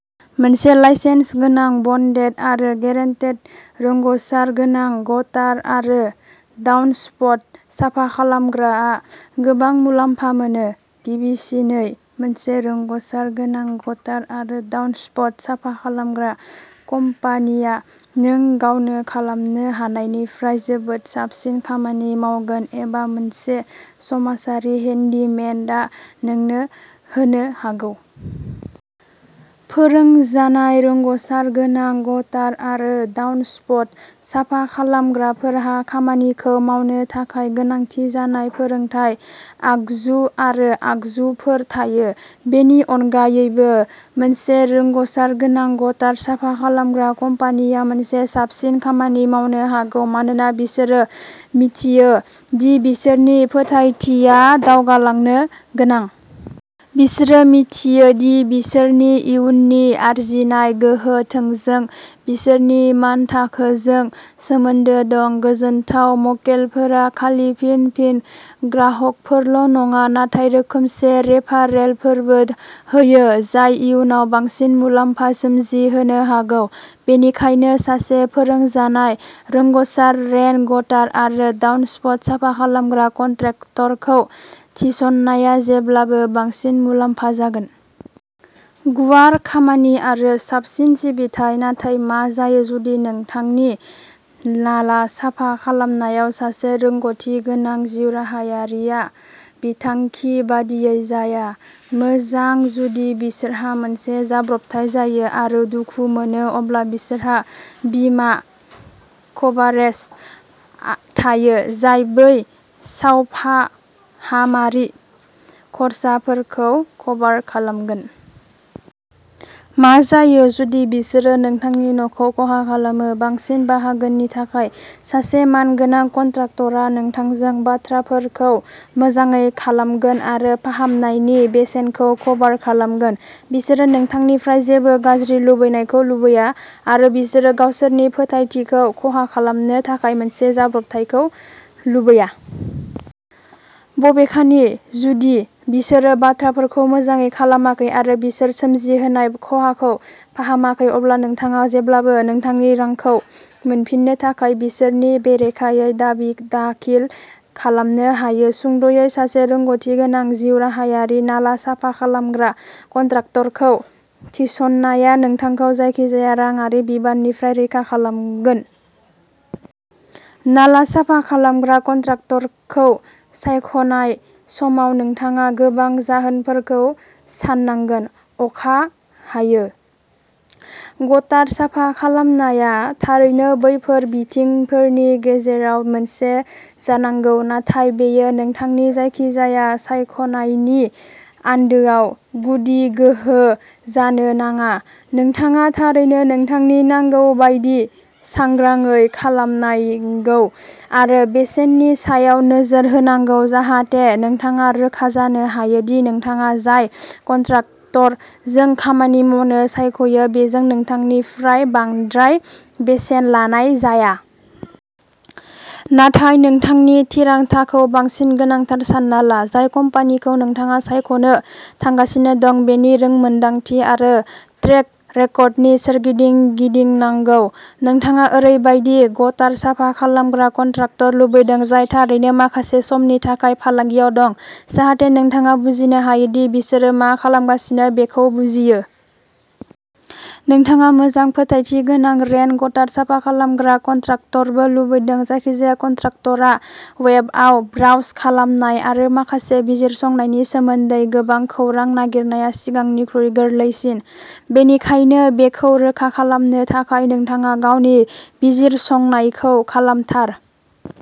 मोनसे लाइसेन्स गोनां, बन्डेड आरो गेरेन्टेड रोंग'सार गोनां गटार आरो डाउनस्पाउट साफा खालामग्राआ गोबां मुलाम्फा मोनो। गिबिसिनै, मोनसे रोंग'सार गोनां गटार आरो डाउनस्पाउट साफा खालामग्रा कम्पानिया नों गावनो खालामनो हानायनिफ्राय जोबोद साबसिन खामानि मावगोन, एबा मोनसे समाजारि हेन्डीमेनआ नोंनो होनो हागौ। फोरोंजानाय रोंग'सार गोनां गटार आरो डाउनस्पाउट साफा खालामग्राफोरहा खामानिखौ मावनो थाखाय गोनांथि जानाय फोरोंथाय, आगजु आरो आगजुफोर थायो। बेनि अनगायैबो, मोनसे रोंग'सार गोनां गटार साफा खालामग्रा कम्पानिया मोनसे साबसिन खामानि मावनो हागौ मानोना बिसोरो मिथियो दि बिसोरनि फोथायथिआ दावगालांनो गोनां। बिसोरो मिथियो दि बिसोरनि इयुननि आरजिनाय गोहोआ थोंजों बिसोरनि मानथाखोजों सोमोन्दो दं। गोजोनथाव मक्केलफोरा खालि फिन-फिन ग्राहकफोरल'नङा, नाथाय रोखोमसे रेफारेलफोरबो होयो जाय इयुनाव बांसिन मुलाम्फा सोमजिहोनो हागौ। बेनिखायनो, सासे फोरोंजानाय रोंग'सार रेन गटार आरो डाउनस्पाउट साफा खालामग्रा कन्ट्रेक्टरखौ थिसननाया जेब्लाबो बांसिन मुलाम्फा जागोन। गुवार खामानि आरो साबसिन सिबिथाइ। नाथाय मा जायो जुदि नोंथांनि नाला साफा खालामनायाव सासे रोंग'थि गोनां जिउराहायारिआ बिथांखि बादियै जाया? मोजां, जुदि बिसोरहा मोनसे जाब्रबथाय जायो आरो दुखु मोनो अब्ला बिसोरहा बीमा कभारेज थायो जाय बै सावफाहामारि खर्साफोरखौ कभार खालामगोन। मा जायो जुदि बिसोरो नोंथांनि न'खौ खहा खालामो? बांसिन बाहागोनि थाखाय, सासे मानगोनां कन्ट्राक्टरआ नोंथांजों बाथ्राफोरखौ मोजाङै खालामगोन आरो फाहामनायनि बेसेनखौ कभार खालामगोन। बिसोरो नोंथांनिफ्राय जेबो गाज्रि लुबैनायखौ लुबैया, आरो बिसोरो गावसोरनि फोथायथिखौ खहा खालामनो थाखाय मोनसे जाब्रबथायखौ लुबैया। बबेखानि जुदि बिसोरो बाथ्राफोरखौ मोजाङै खालामाखै आरो बिसोर सोमजिहोनाय खहाखौ फाहामाखै, अब्ला नोंथाङा जेब्लाबो नोंथांनि रांखौ मोनफिननो थाखाय बिसोरनि बेरेखायै दाबि दाखिल खालामनो हायो। सुंद'यै, सासे रोंग'थिगोनां जिउराहायारि नाला साफा खालामग्रा कन्ट्राक्टरखौ थिसननाया नोंथांखौ जायखिजाया रांआरि बिबाननिफ्राय रैखा खालामगोन। नाला साफा खालामग्रा कन्ट्राक्टरखौ सायख'नाय समाव नोंथाङा गोबां जाहोनफोरखौ साननांगोन। अखा हायो। गटार साफा खालामनाया थारैनो बैफोर बिथिंफोरनि गेजेराव मोनसे जानांगौ, नाथाय बेयो नोंथांनि जायखिजाया सायख'नायनि आन्दोआव गुदि गोहो जानो नाङा। नोंथाङा थारैनो नोंथांनि नांगौ बायदि सांग्राङै खालामनांगौ आरो बेसेननि सायाव नोजोर होनांगौ जाहाथे नोंथाङा रोखा जानो हायो दि नोंथाङा जाय कन्ट्राक्टरजों खामानि मावनो सायख'यो, बेजों नोंथांनिफ्राय बांद्राय बेसेन लानाय जाया। नाथाय नोंथांनि थिरांथाखौ बांसिन गोनांथार सानना ला, जाय कम्पानिखौ नोंथाङा सायख'नो थांगासिनो दं, बेनि रोंमोनदांथि आरो ट्रेक रेकर्डनि सोरगिदिं गिदिंनांगौ। नोंथाङा ओरैबायदि गटार साफा खालामग्रा कन्ट्राक्टर लुबैदों, जाय थारैनो माखासे समनि थाखाय फालांगियाव दं, जाहाथे नोंथाङा बुजिनो हायो दि बिसोरो मा खालामगासिनो बेखौ बुजियो। नोंथाङा मोजां फोथायथि गोनां रेन गटार साफा खालामग्रा कन्ट्राक्टरबो लुबैदों। जायखिजाया कन्ट्राक्टरआ वेबआव ब्राउज खालामनाय आरो माखासे बिजिरसंनायनि सोमोन्दै गोबां खौरां नागिरनाया सिगांनिख्रुइ गोरलैसिन। बेनिखायनो, बेखौ रोखा खालामनो थाखाय नोंथाङा गावनि बिजिरसंनायखौ खालामथार।